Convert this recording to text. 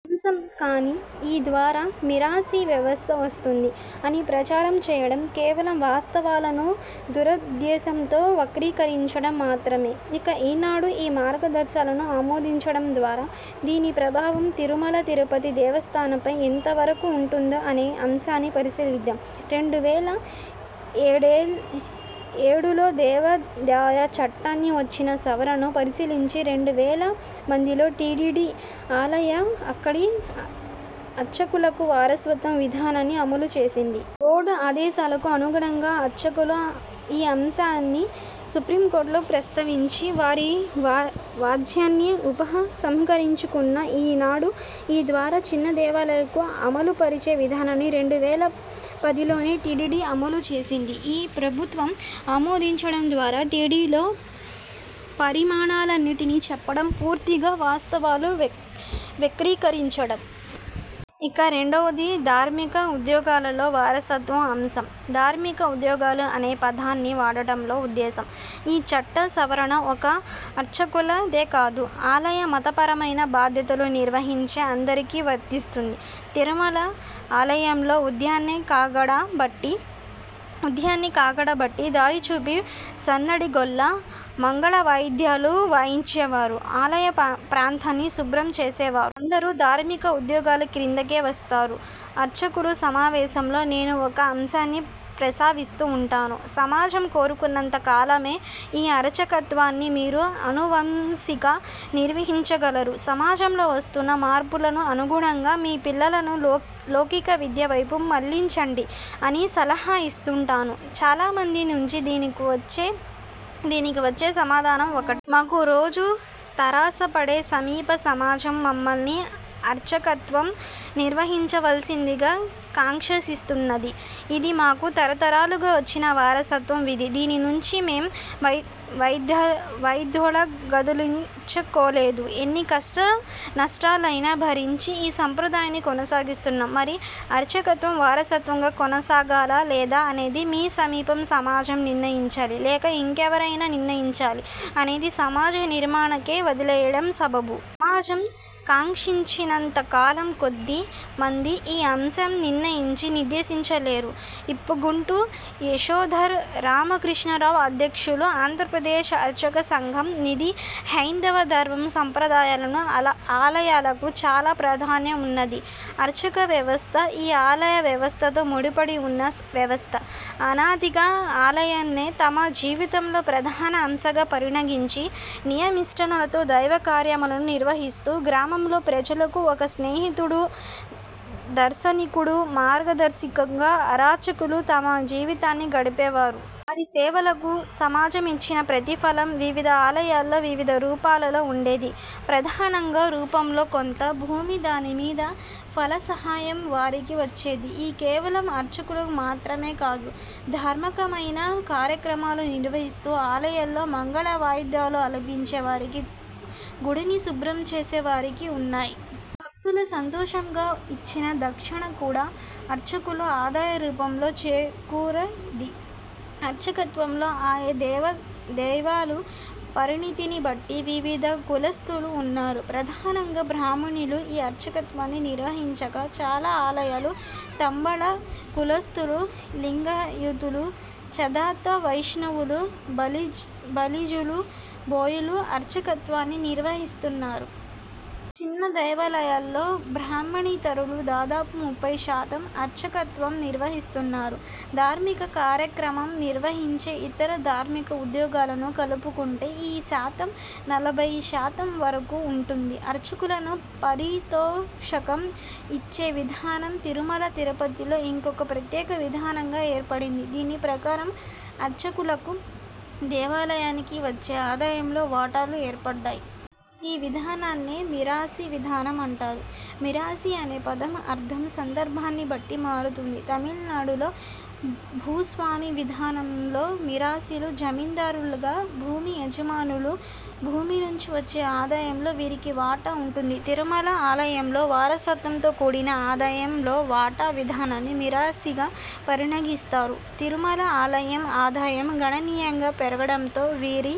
అంశం. కానీ ఈ ద్వారా మీరాసీ వ్యవస్థ వస్తుంది అని ప్రచారం చేయడం కేవలం వాస్తవాలను దురుద్దేశంతో వక్రీకరించడం మాత్రమే. ఇక ఈనాడు ఈ మార్గదర్శకాలను ఆమోదించడం ద్వారా దీని ప్రభావం తిరుమల తిరుపతి దేవస్థానంపై ఎంతవరకు ఉంటుంది అనే అంశాన్ని పరిశీలిద్దాం. రెండు వేల ఏడులో దేవాదాయ చట్టానికి వచ్చిన సవరణను పరిశీలించి రెండు వేల పదిలో టీటీడీ ఆలయం అక్కడి అర్చకులకు వారసత్వ విధానాన్ని అమలుచేసింది. బోర్డు ఆదేశాలకు అనుగుణంగా అర్చకులు ఈ అంశాన్ని సుప్రీం కోర్టులో ప్రస్తావించి వారి వ్యాజ్యాన్ని ఉపసంహరించుకున్నారు. ఈనాడు ఈ ద్వారా చిన్న దేవాలయాలకు అమలుపరిచే విధానాన్ని రెండు వేల పదిలోనే టీటీడీ అమలు చేసింది. ఈ ప్రభుత్వం ఆమోదించడం ద్వారా టీటీడీలో పరిణామాలుంటాయని చెప్పడం పూర్తిగా వాస్తవాలు వక్రీకరించడమే. ఇక రెండవది ధార్మిక ఉద్యోగులలో వారసత్వ అంశం. ధార్మిక ఉద్యోగులు అనే పదాన్ని వాడటంలో ఉద్దేశం ఈ చట్ట సవరణ ఒక్క అర్చకులదేకాదు ఆలయ మతపరమైన బాధ్యతలు నిర్వహించే అందరికీ వర్తిస్తుంది. తిరుమల ఆలయంలో ఉదయాన్నే కాగడా బట్టి దారిచూపే సన్నఢి గొల్ల మంగళవాయిద్యాలు వాయించేవారు, ఆలయ ప్రాంతాన్ని శుభ్రంచేసేవారు. అందరు ధార్మిక ఉద్యోగుల క్రిందకే వస్తారు. అర్చకుల సమావేశాలలో నేను ఒక అంశాన్ని ప్రస్తావిస్తూ ఉంటాను. సమాజం కోరుకున్నంత కాలమే ఈ అర్చకత్వాన్ని మీరు అనువంశికంగా నిర్వహించగలరు. సమాజంలో వస్తున్న మార్పులకనుగుణంగా మీ పిల్లలను లౌకికవిద్య వైపు మళ్ళించండి అని సల హా ఇస్తుంటాను. చాలామంది నుంచి దీనికివచ్చే సమాధానం ఒకటే. మాకు రోజూ తారసపడే సమీప సమాజం మమ్ములనే అర్చకత్వం నిర్వహించవలసిందిగా కాంక్షిస్తున్నది. ఇది మాకు తరతరాలుగా వచ్చిన వారసత్వ విధి. దీని నుంచి మేము వైదొలగదల్చుకోలేదు. ఎన్నికష్టనష్టాలైనా భరించి ఈ సాంప్రదాయాన్ని కొనసాగిస్తాం. మరి అర్చకత్వం వారసత్వంగా కొనసాగాలా లేదా అన్నది ఈ సమీప సమాజం నిర్ణయించాలా, లేక ఇంకెవరైనా నిర్ణయించాలా అన్నది సమాజ నిర్ణయానికే వదిలేయడం సబబు. సమాజం కాంక్షించినంతకాలం కొద్ది మంది ఈ అంశాన్నినిర్ణయించి నిర్దేశించలేరు. ఇప్పగుంట యశోధర్ రామకృష్ణారావుఅధ్యక్షులు, ఆంధ్రప్రదేశ్ అర్చక సంక్షేమ నిధి హైందవ ధర్మ సాంప్రదాయంలో ఆలయాలకు చాలా ప్రాధాన్యం ఉన్నది. అర్చక వ్యవస్థ ఈ ఆలయ వ్యవస్థతో ముడిపడి ఉన్న వ్యవస్థ. అనాదిగా ఆలయాలనే తమ జీవితంలో ప్రధాన అంశంగా పరిగణించి నియమనిష్టలతో దైవకార్యక్రమాలను నిర్వహిస్తూ గ్రామాలలో ప్రజలకు ఒక స్నేహితుడు, దార్శనికుడు, మార్గదర్శిగా అర్చకులు తమ జీవితాన్ని గడిపేవారు. వారి సేవలకు సమాజమిచ్చిన ప్రతిఫలం వివిధ ఆలయాలలో వివిధ రూపాలలో ఉండేది. ప్రధానంగా రూపంలో కొంత భూమి దాని మీద ఫలసాయం వారికి వచ్చేది. ఈ కేవలం అర్చకులకు మాత్రమే కాదు ధార్మికమైన కార్యమ్రాలు నిర్వహిస్తూ ఆలయాలలో మంగళవాయిద్యాలు ఆలపించే వారికి గుడిని శుభ్రంచేసే వారికి ఉన్నాయి. భక్తులు సంతోషంగా ఇచ్చిన దక్షిణ కూడా అర్చకులకు ఆదాయ రూపంలో చేకూరేది. అర్చకత్వంలో ఆయా దేవాలయాల పరిణతిని బట్టి వివిధ కులస్థులు ఉన్నారు. ప్రధానంగా బ్రాహ్మణులు ఈ అర్చకత్వాన్ని నిర్వహించగా చాలా ఆలయాలలో తంబల్ల కులస్థులు, లింగాయతులు, చాద్ధాత వైష్ణవులు, బలిజలు, బోయలు అర్చకత్వాన్ని నిర్వహిస్తున్నారు. చిన్న దేవాలయాలలో బ్రాహ్మణేతరులు దాదాపు ముప్పై శాతం అర్చకత్వం నిర్వహిస్తున్నారు. ధార్మిక కార్యక్రమాలు నిర్వహించే ఇతర ధార్మిక ఉద్యోగులను కలుపుకుంటే ఈ శాతం నలభైశాతం వరకు ఉంటుంది. అర్చకులకు పారితోషకం ఇచ్చే విధానం తిరుమల తిరుపతిలో ఇంకొక ప్రత్యేక విధానంగా ఏర్పడింది. దీని ప్రకారం అర్చకులకు దేవాలయానికి వచ్చే ఆదాయంలో వాటాలు ఏర్పడ్డాయి. ఈ విధానాన్నే మీరాసీ విధానం అంటారు. మీరాసీ అనే పదం అర్థం సందర్భాన్ని బట్టి మారుతుంది. తమిళనాడులో భూస్వామ్య విధానంలో మీరాసీలు జమీందారుల లాగా భూమి యజమానులు. భూమి నుంచి వచ్చే ఆదాయంలో వీరికి వాటా ఉంటుంది. తిరుమల ఆలయంలో వారసత్వంతో కూడిన ఆదాయంలో వాటా విధానాన్ని మీరాసీగా పరిగణిస్తారు. తిరుమల ఆలయం ఆదాయం గణనీయంగా పెరగడంతో వీరి